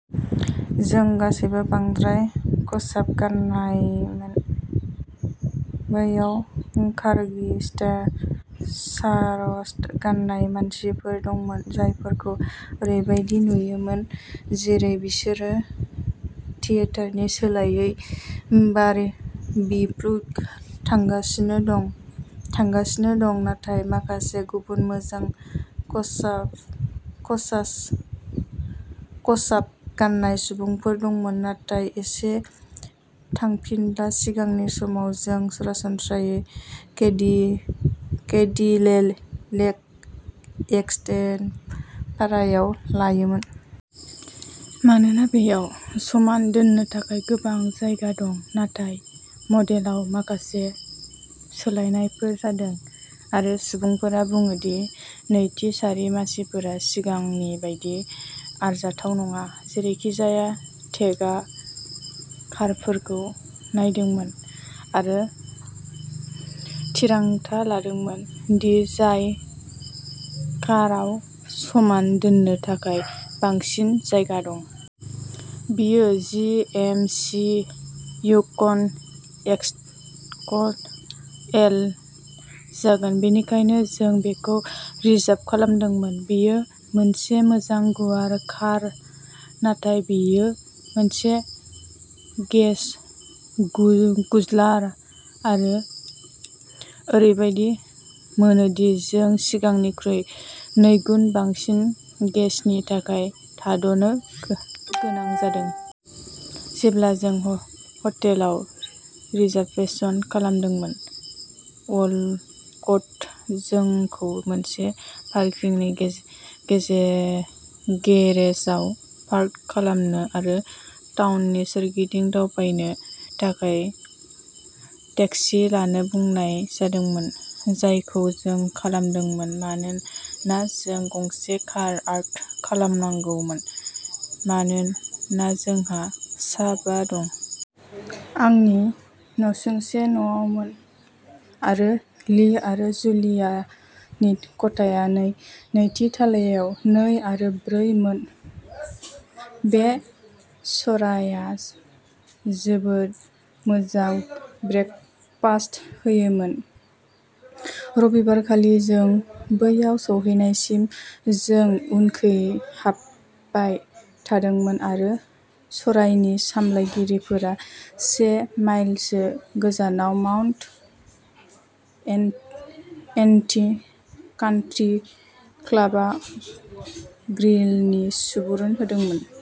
जों गासैबो बांद्राय खसाब गाननायमोन। बैयाव कारगि शारटस गाननाय मानसिफोर दंमोन। जायफोरखौ ओरैबायदि नुयोमोन जेरै बिसोरो थियेटारनि सोलायै बारिबिक्युआव थांगासिनो दं थांगासिनो दं। नाथाय माखासे गुबुन मोजां खसा खसास खसाब गाननाय सुबुंफोर दंमोन। नाथाय एसे थांफिनब्ला सिगांनि समाव जों सरासनस्रायै केदिले केडिलेक एस्केलेड भारायाव लायोमोन। मानोना बेयाव समान दोननो थाखाय गोबां जायगा दं। नाथाय मडेलाव माखासे सोलायनायफोर जादों आरो सुबुंफोरा बुङो दि नैथि सारि मासिफोरा सिगांनि बायदि आरजाथाव नङा। जेरैखिजाया केटआ कारफोरखौ नायदोंमोन आरो थिरांथा लादोंमोन दि जाय काराव समान दोननो थाखाय बांसिन जायगा दं। बियो जि. एम. सि. युकन एक्स. एल. जागोन। बेनिखायनो जों बेखौ रिजार्भ खालामदोंमोन। बेयो मोनसे मोजां गुवार कार नाथाय बेयो मोनसे गेस गुज्लार आरो ओरैबादि मोनोदि जों सिगांनिख्रुइ नैगुन बांसिन गेसनि थाखाय थाद'नो गोनां जादों। जेब्ला जों ह हटेलाव रिजारभेसन खालामदोंमोन। वलकट जोंखौ मोनसे पारकिंनि गेजे गेरेजाव पार्क खालामनो आरो टाउननि सोरगिदिं दावबायनो थाखाय टेक्सि लानो बुंनाय जादोंमोन। जायखौ जों खालामदोंमोन। मानोना जों गंसे कार अर्डार खालामनांगौमोन मानोना जोंहा सा बा दं। आंनि नसुंसे न'आवमोन आरो ली आरो जुलियानि खथाया नै नैथि थालायाव नै आरो ब्रै मोन। बे सरायआ जोबोद मोजां ब्रेकफास्ट होयोमोन। रबिबारखालि जों बैयाव सौहैनायसिम जों उनखैहाबबाय थादोंमोन आरो सरायनि सामलायगिरिफोरा से माइलसो गोजानाव माउन्ट एन एन्थि कान्ट्री क्लाबआ ग्रिलनि सुबुरुन होदोंमोन।